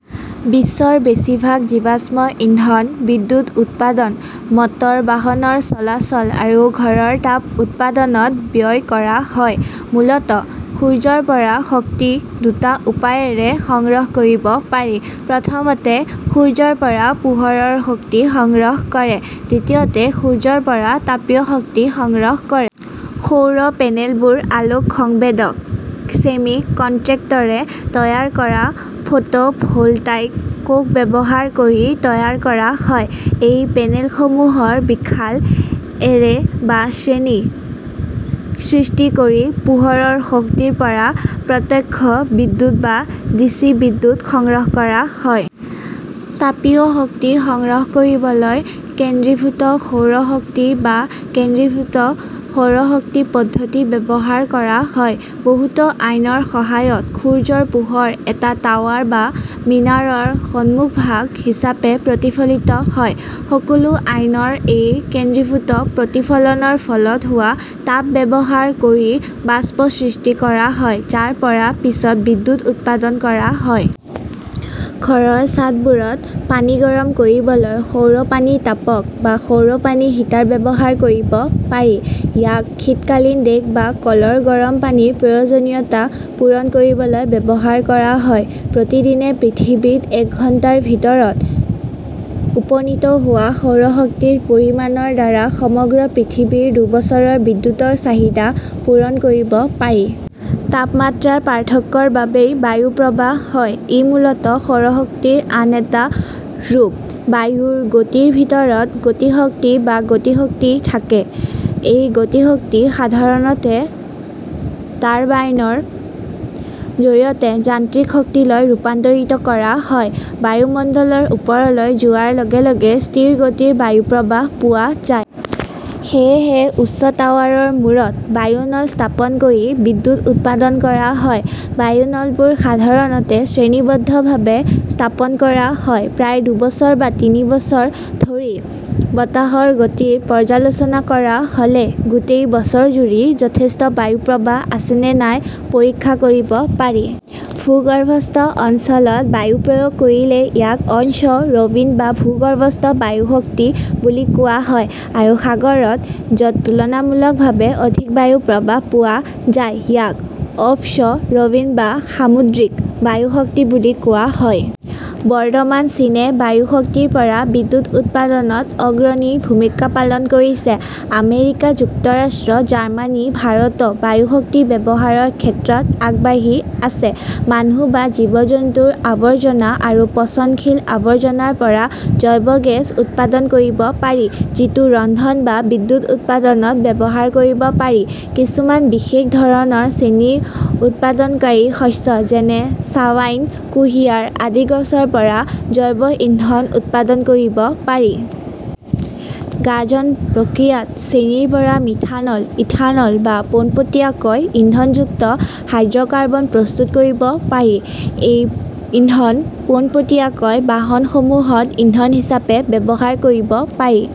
বিশ্বৰ বেছিভাগ জীৱাশ্ম ইন্ধন বিদ্যুৎ উৎপাদন, মটৰ বাহনৰ চলাচল আৰু ঘৰৰ তাপ উৎপাদনত ব্যয় কৰা হয়। মূলতঃ সূৰ্যৰ পৰা শক্তি দুটা উপায়েৰে সংগ্ৰহ কৰিব পাৰি। প্ৰথমতে, সূৰ্যৰ পৰা পোহৰৰ শক্তি সংগ্ৰহ কৰে, দ্বিতীয়তে, সূৰ্যৰ পৰা তাপীয় শক্তি সংগ্ৰহ কৰে। সৌৰ পেনেলবোৰ আলোক সংবেদক ছেমিকনট্ৰেক্টৰে তৈয়াৰ কৰা ফটোভোলটাইক কোষ ব্যৱহাৰ কৰি তৈয়াৰ কৰা হয়। এই পেনেলসমূহৰ বিশাল এৰে বা শ্ৰেণী সৃষ্টি কৰি পোহৰৰ শক্তিৰ পৰা প্ৰত্যক্ষ বিদ্যুৎ বা ডিচি বিদ্যুৎ সংগ্ৰহ কৰা হয়। তাপীয় শক্তি সংগ্ৰহ কৰিবলৈ কেন্দ্ৰীভূত সৌৰ শক্তি বা ''কেন্দ্ৰীভূত সৌৰ শক্তি পদ্ধতি "ব্যৱহাৰ কৰা হয়। বহুতো আইনাৰ সহায়ত সূৰ্যৰ পোহৰ এটা টাৱাৰ বা মিনাৰৰ সন্মুখভাগ হিচাপে প্ৰতিফলিত হয়। সকলো আইনাৰ এই কেন্দ্ৰীভূত প্ৰতিফলনৰ ফলত হোৱা তাপ ব্যৱহাৰ কৰি বাষ্প সৃষ্টি কৰা হয়, যাৰ পৰা পিছত বিদ্যুৎ উৎপাদন কৰা হয়। ঘৰৰ ছাদবোৰত পানী গৰম কৰিবলৈ সৌৰ-পানী-তাপক বা সৌৰ পানী হিটাৰ ব্যৱহাৰ কৰিব পাৰি। ইয়াক শীতকালীন দেশ বা কলৰ গৰম পানীৰ প্ৰয়োজনীয়তা পূৰণ কৰিবলৈ ব্যৱহাৰ কৰা হয়। প্ৰতিদিনে পৃথিৱীত এঘণ্টাৰ ভিতৰত উপনীত হোৱা সৌৰ শক্তিৰ পৰিমাণৰ দ্বাৰা সমগ্ৰ পৃথিৱীৰ দুবছৰৰ বিদ্যুৎৰ চাহিদা পূৰণ কৰিব পাৰি। তাপমাত্ৰাৰ পাৰ্থক্যৰ বাবেই বায়ু প্ৰবাহ হয়। ই মূলতঃ সৌৰ শক্তিৰ আন এটা ৰূপ। বায়ুৰ গতিৰ ভিতৰত গতিশক্তি বা গতিশক্তি থাকে। এই গতিশক্তি সাধাৰণতে টাৰ্বাইনৰ জৰিয়তে যান্ত্ৰিক শক্তিলৈ ৰূপান্তৰিত কৰা হয়। বায়ুমণ্ডলৰ ওপৰলৈ যোৱাৰ লগে লগে স্থিৰ গতিৰ বায়ু প্ৰবাহ পোৱা যায়। সেয়েহে উচ্চ টাৱাৰৰ মূৰত বায়ু নল স্থাপন কৰি বিদ্যুৎ উৎপাদন কৰা হয়। বায়ু নলবোৰ সাধাৰণতে শ্ৰেণীবদ্ধভাৱে স্থাপন কৰা হয়। প্ৰায় দুবছৰ বা তিনি বছৰ ধৰি বতাহৰ গতিৰ পৰ্যালোচনা কৰা হ'লে গোটেই বছৰজুৰি যথেষ্ট বায়ু প্ৰৱাহ আছে নে নাই পৰীক্ষা কৰিব পাৰি। ভূগৰ্ভস্থ অঞ্চলত বায়ু প্ৰয়োগ কৰিলে ইয়াক অন-শ্ব "ৰ-ৱিণ্ড বা ভূগৰ্ভস্থ বায়ু শক্তি বুলি কোৱা হয় আৰু সাগৰত, য'ত তুলনামূলকভাৱে অধিক বায়ু প্ৰৱাহ পোৱা যায়, ইয়াক অফ-শ্ব' ৰ-ৱিণ্ড বা সামুদ্ৰিক বায়ু শক্তি বুলি কোৱা হয়। বৰ্তমান চীনে বায়ু শক্তিৰ পৰা বিদ্যুৎ উৎপাদনত অগ্ৰণী ভূমিকা পালন কৰিছে। আমেৰিকা যুক্তৰাষ্ট্ৰ, জাৰ্মানী, ভাৰতো বায়ু শক্তি ব্যৱহাৰৰ ক্ষেত্ৰত আগবাঢ়ি আছে। মানুহ বা জীৱ-জন্তুৰ আৱৰ্জনা আৰু পচনশীল আৱৰ্জনাৰ পৰা জৈৱ গেছ উৎপাদন কৰিব পাৰি, যিটো ৰন্ধন বা বিদ্যুৎ উৎপাদনত ব্যৱহাৰ কৰিব পাৰি-কিছুমান বিশেষ ধৰণৰ চেনী উৎপাদনকাৰী শস্য; যেনেঃ ছাৱাইন, কুঁহিয়াৰ আদি গছৰ পৰা জৈৱ ইন্ধন উৎপাদন কৰিব পাৰি। গাঁজন প্ৰক্ৰিয়াত চেনিৰ পৰা মিথানল, ইথানল বা পোনপটীয়াকৈ ইন্ধনযুক্ত হাইড্ৰ কাৰ্বন প্ৰস্তুত কৰিব পাৰি। এই ইন্ধন পোনপটীয়াকৈ বাহনসমূহত ইন্ধন হিচাপে ব্যৱহাৰ কৰিব পাৰি।